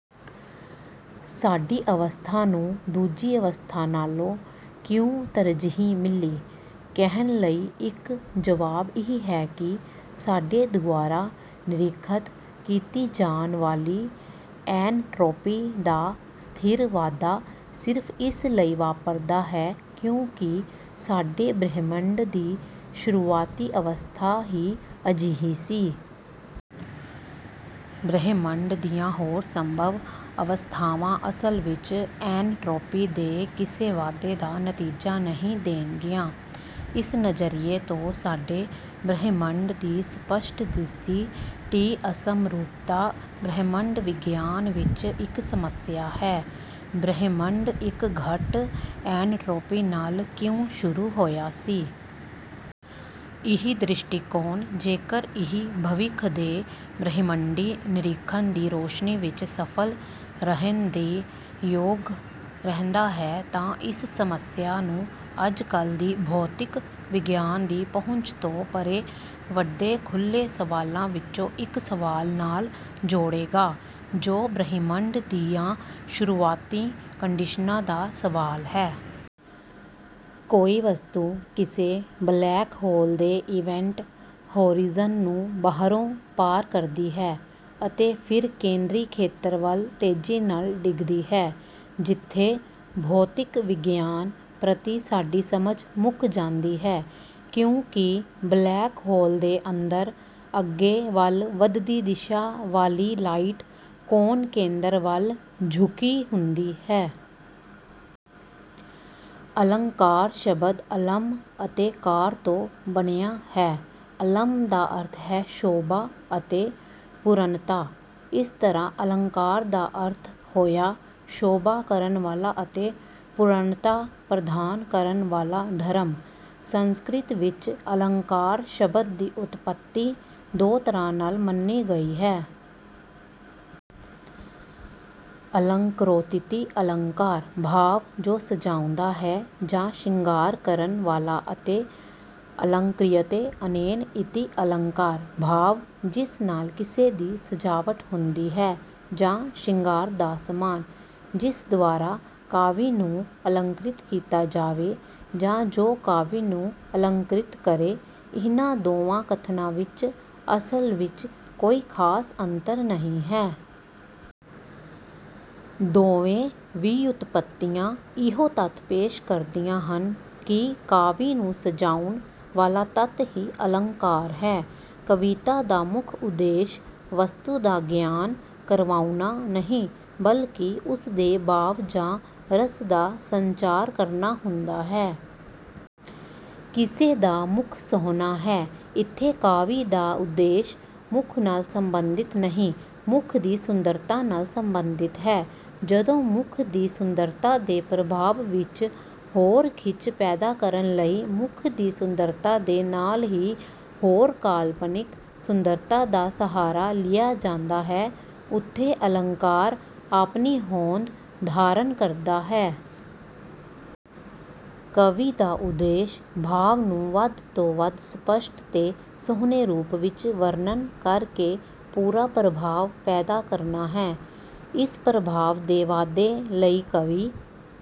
ਸਾਡੀ ਅਵਸਥਾ ਨੂੰ ਦੂਜੀ ਅਵਸਥਾ ਨਾਲੋਂ ਕਿਉਂ ਤਰਜੀਹ ਮਿਲੀ? ਕਹਿਣ ਲਈ ਇੱਕ ਜਵਾਬ ਇਹ ਹੈ ਕਿ ਸਾਡੇ ਦੁਆਰਾ ਨਿਰੀਖਤ ਕੀਤੀ ਜਾਣ ਵਾਲੀ ਐਨਟ੍ਰੌਪੀ ਦਾ ਸਥਿਰ ਵਾਧਾ ਸਿਰਫ਼ ਇਸ ਲਈ ਵਾਪਰਦਾ ਹੈ ਕਿਉਂਕਿ ਸਾਡੇ ਬ੍ਰਹਿਮੰਡ ਦੀ ਸ਼ੁਰੂਆਤੀ ਅਵਸਥਾ ਹੀ ਅਜਿਹੀ ਸੀ। ਬ੍ਰਹਿਮੰਡ ਦੀਆਂ ਹੋਰ ਸੰਭਵ ਅਵਸਥਾਵਾਂ ਅਸਲ ਵਿੱਚ ਐਨਟ੍ਰੌਪੀ ਦੇ ਕਿਸੇ ਵਾਧੇ ਦਾ ਨਤੀਜਾ ਨਹੀਂ ਦੇਣਗੀਆਂ। ਇਸ ਨਜ਼ਰੀਏ ਤੋਂ, ਸਾਡੇ ਬ੍ਰਹਿਮੰਡ ਦੀ ਸਪਸ਼ਟ ਦਿਸਦੀ ਟੀ-ਅਸਮਰੂਪਤਾ ਬ੍ਰਹਿਮੰਡ ਵਿਗਿਆਨ ਵਿੱਚ ਇੱਕ ਸਮੱਸਿਆ ਹੈ ਬ੍ਰਹਿਮੰਡ ਇੱਕ ਘੱਟ ਐਨਟ੍ਰੌਪੀ ਨਾਲ ਕਿਉਂ ਸ਼ੁਰੂ ਹੋਇਆ ਸੀ? ਇਹ ਦ੍ਰਿਸ਼ਟੀਕੋਣ, ਜੇਕਰ ਇਹ ਭਵਿੱਖ ਦੇ ਬ੍ਰਹਿਮੰਡੀ ਨਿਰੀਖਣ ਦੀ ਰੋਸ਼ਨੀ ਵਿੱਚ ਸਫਲ ਰਹਿਣ ਦੇ ਯੋਗ ਰਹਿੰਦਾ ਹੈ, ਤਾਂ ਇਸ ਸਮੱਸਿਆ ਨੂੰ ਅੱਜਕੱਲ੍ਹ ਦੀ ਭੌਤਿਕ ਵਿਗਿਆਨ ਦੀ ਪਹੁੰਚ ਤੋਂ ਪਰੇ ਵੱਡੇ ਖੁੱਲ੍ਹੇ ਸਵਾਲਾਂ ਵਿੱਚੋਂ ਇੱਕ ਸਵਾਲ ਨਾਲ ਜੋੜੇਗਾ ਜੋ ਬ੍ਰਹਿਮੰਡ ਦੀਆਂ ਸ਼ੁਰੂਆਤੀ ਕੰਡੀਸ਼ਨਾਂ ਦਾ ਸਵਾਲ ਹੈ। ਕੋਈ ਵਸਤੂ ਕਿਸੇ ਬਲੈਕ ਹੋਲ ਦੇ ਇਵੈਂਟ ਹੌਰਿਜ਼ਨ ਨੂੰ ਬਾਹਰੋਂ ਪਾਰ ਕਰ ਸਕਦੀ ਹੈ, ਅਤੇ ਫਿਰ ਕੇਂਦਰੀ ਖੇਤਰ ਵੱਲ ਤੇਜ਼ੀ ਨਾਲ ਡਿੱਗਦੀ ਹੈ ਜਿੱਥੇ ਭੌਤਿਕ ਵਿਗਿਆਨ ਪ੍ਰਤੀ ਸਾਡੀ ਸਮਝ ਮੁੱਕ ਜਾਂਦੀ ਹੈ। ਕਿਉਂਕਿ ਬਲੈਕ ਹੋਲ ਦੇ ਅੰਦਰ ਅੱਗੇ ਵੱਲ ਵਧਦੀ ਦਿਸ਼ਾ ਵਾਲੀ ਲਾਈਟ ਕੋਨ ਕੇਂਦਰ ਵੱਲ ਝੁਕੀ ਹੁੰਦੀ ਹੈ। ਅਲੰਕਾਰ ਸ਼ਬਦ 'ਅਲੰਮ੍' ਅਤੇ 'ਕਾਰ' ਤੋਂ ਬਣਿਆ ਹੈ। 'ਅਲੰਮ੍' ਦਾ ਅਰਥ ਹੈ ਸ਼ੋਭਾ ਅਤੇ ਪੂਰਣਤਾ। ਇਸ ਤਰ੍ਹਾਂ ਅਲੰਕਾਰ ਦਾ ਅਰਥ ਹੋਇਆ ਸ਼ੋਭਾ ਕਰਨ ਵਾਲਾ ਅਤੇ ਪੂਰਣਤਾ ਪ੍ਰਦਾਨ ਕਰਨ ਵਾਲਾ ਧਰਮ। ਸੰਸਕ੍ਰਿਤ ਵਿੱਚ ਅਲੰਕਾਰ ਸ਼ਬਦ ਦੀ ਉਤਪੱਤੀ ਦੋ ਤਰ੍ਹਾਂ ਨਾਲ ਮੰਨੀ ਗਈ ਹੈ। 'ਅਲੰਕਰੋਤਿਤੀ ਅਲੰਕਾਰ' ਭਾਵ ਜੋ ਸਜਾਉਂਦਾ ਹੈ ਜਾਂ ਸ਼ਿੰਗਾਰ ਕਰਨ ਵਾਲਾ ਅਤੇ 'ਅਲੰਕ੍ਰਿਯਤੇ ਅਨੇਨ ਇਤਿ ਅਲੰਕਾਰ' ਭਾਵ ਜਿਸ ਨਾਲ ਕਿਸੇ ਦੀ ਸਜਾਵਟ ਹੁੰਦੀ ਹੈ ਜਾਂ ਸ਼ਿੰਗਾਰ ਦਾ ਸਮਾਨ। ਜਿਸ ਦੁਆਰਾ ਕਾਵਿ ਨੂੰ ਅਲੰਕ੍ਰਿਤ ਕੀਤਾ ਜਾਵੇ ਜਾਂ ਜੋ ਕਾਵਿ ਨੂੰ ਅਲੰਕ੍ਰਿਤ ਕਰੇ, ਇਹਨਾਂ ਦੋਵਾਂ ਕਥਨਾਂ ਵਿੱਚ ਅਸਲ ਵਿੱਚ ਕੋਈ ਖਾਸ ਅੰਤਰ ਨਹੀਂ ਹੈ। ਦੋਵੇਂ ਵਿਉਤਪੱਤੀਆਂ ਇਹੋ ਤੱਥ ਪੇਸ਼ ਕਰਦੀਆਂ ਹਨ ਕਿ ਕਾਵਿ ਨੂੰ ਸਜਾਉਣ ਵਾਲਾ ਤੱਤ ਹੀ ਅਲੰਕਾਰ ਹੈ। ਕਵਿਤਾ ਦਾ ਮੁੱਖ ਉਦੇਸ਼ ਵਸਤੂ ਦਾ ਗਿਆਨ ਕਰਵਾਉਣਾ ਨਹੀਂ, ਬਲਕਿ ਉਸਦੇ ਭਾਵ ਜਾਂ ਰਸ ਦਾ ਸੰਚਾਰ ਕਰਨਾ ਹੁੰਦਾ ਹੈ। "ਕਿਸੇ ਦਾ ਮੁੱਖ ਸੋਹਣਾ ਹੈ" - ਇੱਥੇ ਕਾਵਿ ਦਾ ਉਦੇਸ਼ ਮੁੱਖ ਨਾਲ ਸੰਬੰਧਿਤ ਨਹੀਂ, ਮੁੱਖ ਦੀ ਸੁੰਦਰਤਾ ਨਾਲ ਸੰਬੰਧਿਤ ਹੈ। ਜਦੋਂ ਮੁੱਖ ਦੀ ਸੁੰਦਰਤਾ ਦੇ ਪ੍ਰਭਾਵ ਵਿੱਚ ਹੋਰ ਖਿੱਚ ਪੈਦਾ ਕਰਨ ਲਈ ਮੁੱਖ ਦੀ ਸੁੰਦਰਤਾ ਦੇ ਨਾਲ ਹੀ ਹੋਰ ਕਾਲਪਨਿਕ ਸੁੰਦਰਤਾ ਦਾ ਸਹਾਰਾ ਲਿਆ ਜਾਂਦਾ ਹੈ, ਉੱਥੇ ਅਲੰਕਾਰ ਆਪਣੀ ਹੋਂਦ ਧਾਰਨ ਕਰਦਾ ਹੈ। ਕਵੀ ਦਾ ਉਦੇਸ਼ ਭਾਵ ਨੂੰ ਵੱਧ ਤੋਂ ਵੱਧ ਸਪਸ਼ਟ ਤੇ ਸੋਹਣੇ ਰੂਪ ਵਿੱਚ ਵਰਣਨ ਕਰਕੇ ਪੂਰਾ ਪ੍ਰਭਾਵ ਪੈਦਾ ਕਰਨਾ ਹੈ। ਇਸ ਪ੍ਰਭਾਵ ਦੇ ਵਾਧੇ ਲਈ ਕਵੀ